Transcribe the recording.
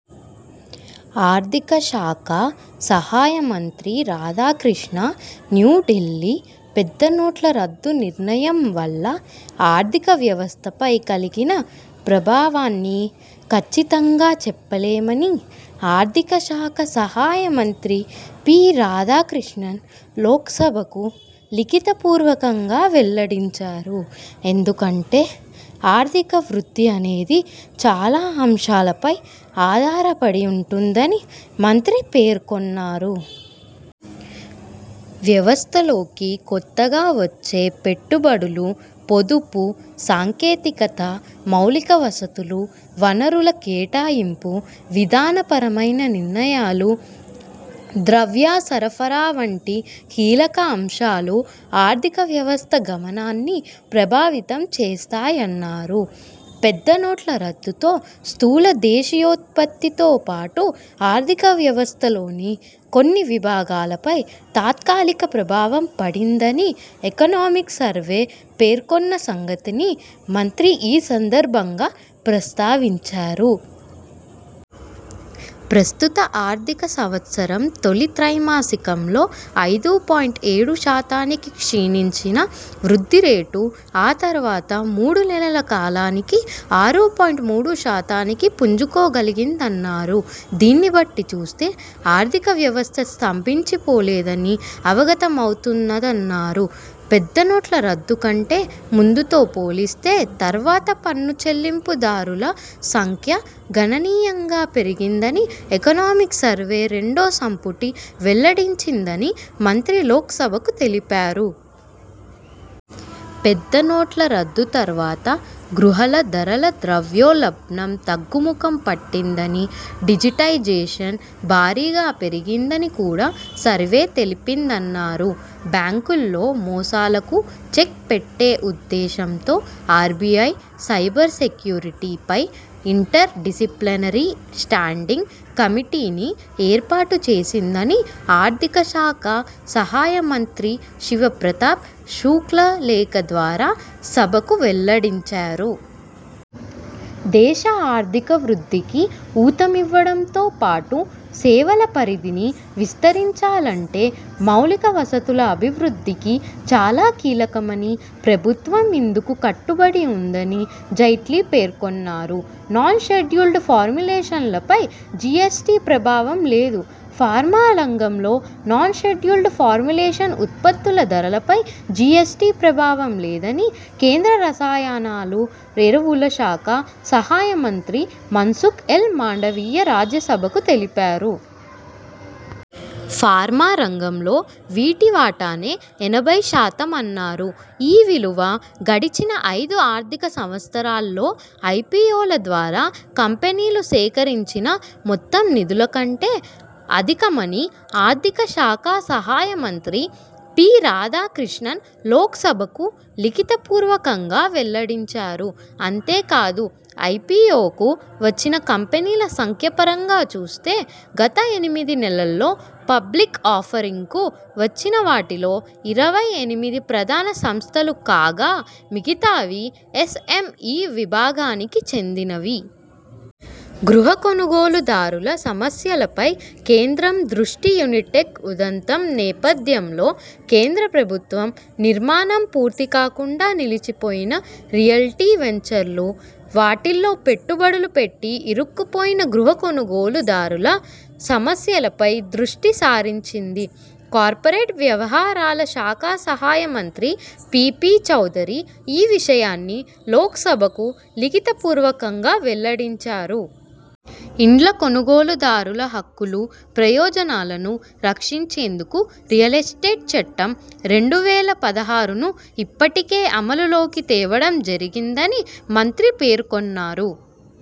ఆర్థిక శాఖ సహాయ మంత్రి రాధాకృష్ణ న్న్యూ ఢిల్లీ పెద్ద నోట్ల రద్దు నిర్ణయం వల్ల ఆర్థిక వ్యవస్థ పై కలిగిన ప్రభావాన్ని ఖచ్చితంగా చెప్పలేమని ఆర్థిక శాఖ సహాయ మంత్రి పి రాధాకృష్ణన్ లోక్సభకు లిఖిత పూర్వకంగా వెల్లడించారు. ఎందుకంటే ఆర్థిక వృద్ధి అనేది చాలా అంశాలపై ఆధారపడి ఉంటుందని మంత్రి పేర్కొన్నారు. వ్యవస్థలోకి కొత్తగా వచ్చే పెట్టు బడులు, పొదుపు, సాంకేతికత, మౌలిక వసతులు, వనరుల కేటాయింపు, విధాన పరమైన నిర్ణయాలు, ద్రవ్య సరఫరా వంటి కీలక అంశాలు ఆర్థిక వ్యవస్థ గమనాన్ని ప్రభావితం చేస్తాయన్నారు. పెద్ద నోట్ల రద్దుతో స్థూల దేశీయోత్పత్తి తో పాటు ఆర్థిక వ్యవస్థ లోని కొన్ని విభాగాలపై తాత్కాలిక ప్రభావం పడింద ని 'ఎకనామిక్ సర్వే' పేర్కొన్న సంగతిని మంత్రి ఈ సందర్భంగా ప్రస్తావించారు. ప్రస్తుత ఆర్థిక సంవత్సరం తొలి త్రైమాసికంలో ఐదు పాయింట్ ఏడు శాతానికి క్షీణించిన వృద్ధి రేటు ఆ తర్వాత మూడు నెలల కాలానికి ఆరు పాయింట్ మూడు శాతానికి పుంజుకోగలిగిందన్నారు. దీన్నిబట్టి చూస్తే, ఆర్థిక వ్యవస్థ స్తంభించి పోలేదని అవగతమవుతున్నదన్నారు. పెద్ద నోట్ల రద్దు కంటే ముందుతో పోలిస్తే తర్వాత పన్ను చెల్లింపు దారుల సంఖ్య గణనీయంగా పెరిగిందని ఎకనామిక్ సర్వే రెండో సంపుటి వెల్లడించిందని మంత్రి లోక్సభకు తెలిపారు. పెద్ద నోట్ల రద్దు తర్వాత గృహాల ధరల ద్రవ్యోల్బణం తగ్గు ముఖం పట్టిందని, డిజిటైజేషన్ భారీగా పెరిగిందని కూడా సర్వే తెలిపిందన్నారు. బ్యాంకుల్లో మోసాలకు చెక్ పెట్టే ఉద్దేశంతో ఆర్బిఐ, సైబర్ సెక్యూరిటీ పై ఇంటర్ డిసిప్లినరీ స్టాండింగ్ కమిటీని ఏర్పాటు చేసిందని ఆర్థిక శాఖ సహాయ మంత్రి శివ్ ప్రతాప్ శుక్లా లేఖ ద్వారా సభకు వెల్లడించారు. దేశ ఆర్థిక వృద్ధికి ఊతమివ్వడంతో పాటు సేవల పరిధిని విస్తరించాలంటే మౌలిక వసతుల అభివృద్ధి చాలా కీలకమని, ప్రభుత్వం ఇందుకు కట్టుబడి ఉందని జైట్లీ పేర్కొన్నారు. నాన్ షెడ్యూల్డ్ ఫార్ములేషన్ల పై జిఎ్సటి ప్రభావం లేదు ఫార్మా రంగంలో నాన్ షెడ్యూల్డ్ ఫార్ములేషన్ ఉత్పత్తుల ధరలపై జిఎ్సటి ప్రభావం లేదని కేంద్ర రసాయనాలు, ఎరువుల శాఖ సహాయ మంత్రి మన్సుఖ్ ఎల్ మాండవీయ రాజ్యసభకు తెలిపారు. ఫార్మా రంగంలో వీటి వాటానే ఎనభై శాతమన్నారు. ఈ విలువ గడిచిన ఐదు ఆర్థిక సంవత్సరాల్లో ఐపిఒల ద్వారా కంపెనీలు సేకరించిన మొత్తం నిధుల కంటే అధికమని ఆర్థిక శాఖ సహాయ మంత్రి పి రాధాకృష్ణన్ లోక్సభకు లిఖిత పూర్వకంగా వెల్లడించారు. అంతేకాదు, ఐపిఒకు వచ్చిన కంపెనీల సంఖ్య పరంగా చూస్తే, గత ఎనిమిది నెలల్లో పబ్లిక్ ఆఫరింగ్కు వచ్చిన వాటిలో ఇరవై ఎనిమిది ప్రధాన సంస్థలు కాగా, మిగతావి ఎస్ఎంఇ విభాగానికి చెందినవి. గృహ కొనుగోలు దారుల సమస్యలపై కేంద్రం దృష్టి యునిటెక్ ఉదంతం నేపథ్యంలో కేంద్ర ప్రభుత్వం, నిర్మాణం పూర్తి కాకుండా నిలిచి పోయిన రియల్టీ వెంచర్లు, వాటిల్లో పెట్టు బడులు పెట్టి ఇరుక్కు పోయిన గృహ కొనుగోలు దారుల సమస్యలపై దృష్టి సారించింది. కార్పొరేట్ వ్యవహారాల శాఖ సహాయ మంత్రి పిపి చౌదరీ ఈ విషయాన్ని లోక్సభకు లిఖిత పూర్వకంగా వెల్లడించారు. ఇండ్ల కొనుగోలు దారుల హక్కులు, ప్రయోజనాలను రక్షించేందుకు రియల్ ఎస్టేట్ చట్టం, రెండు వేల పదహారును ఇప్పటికే అమలు లోకి తేవడం జరిగిందని మంత్రి పేర్కొన్నారు.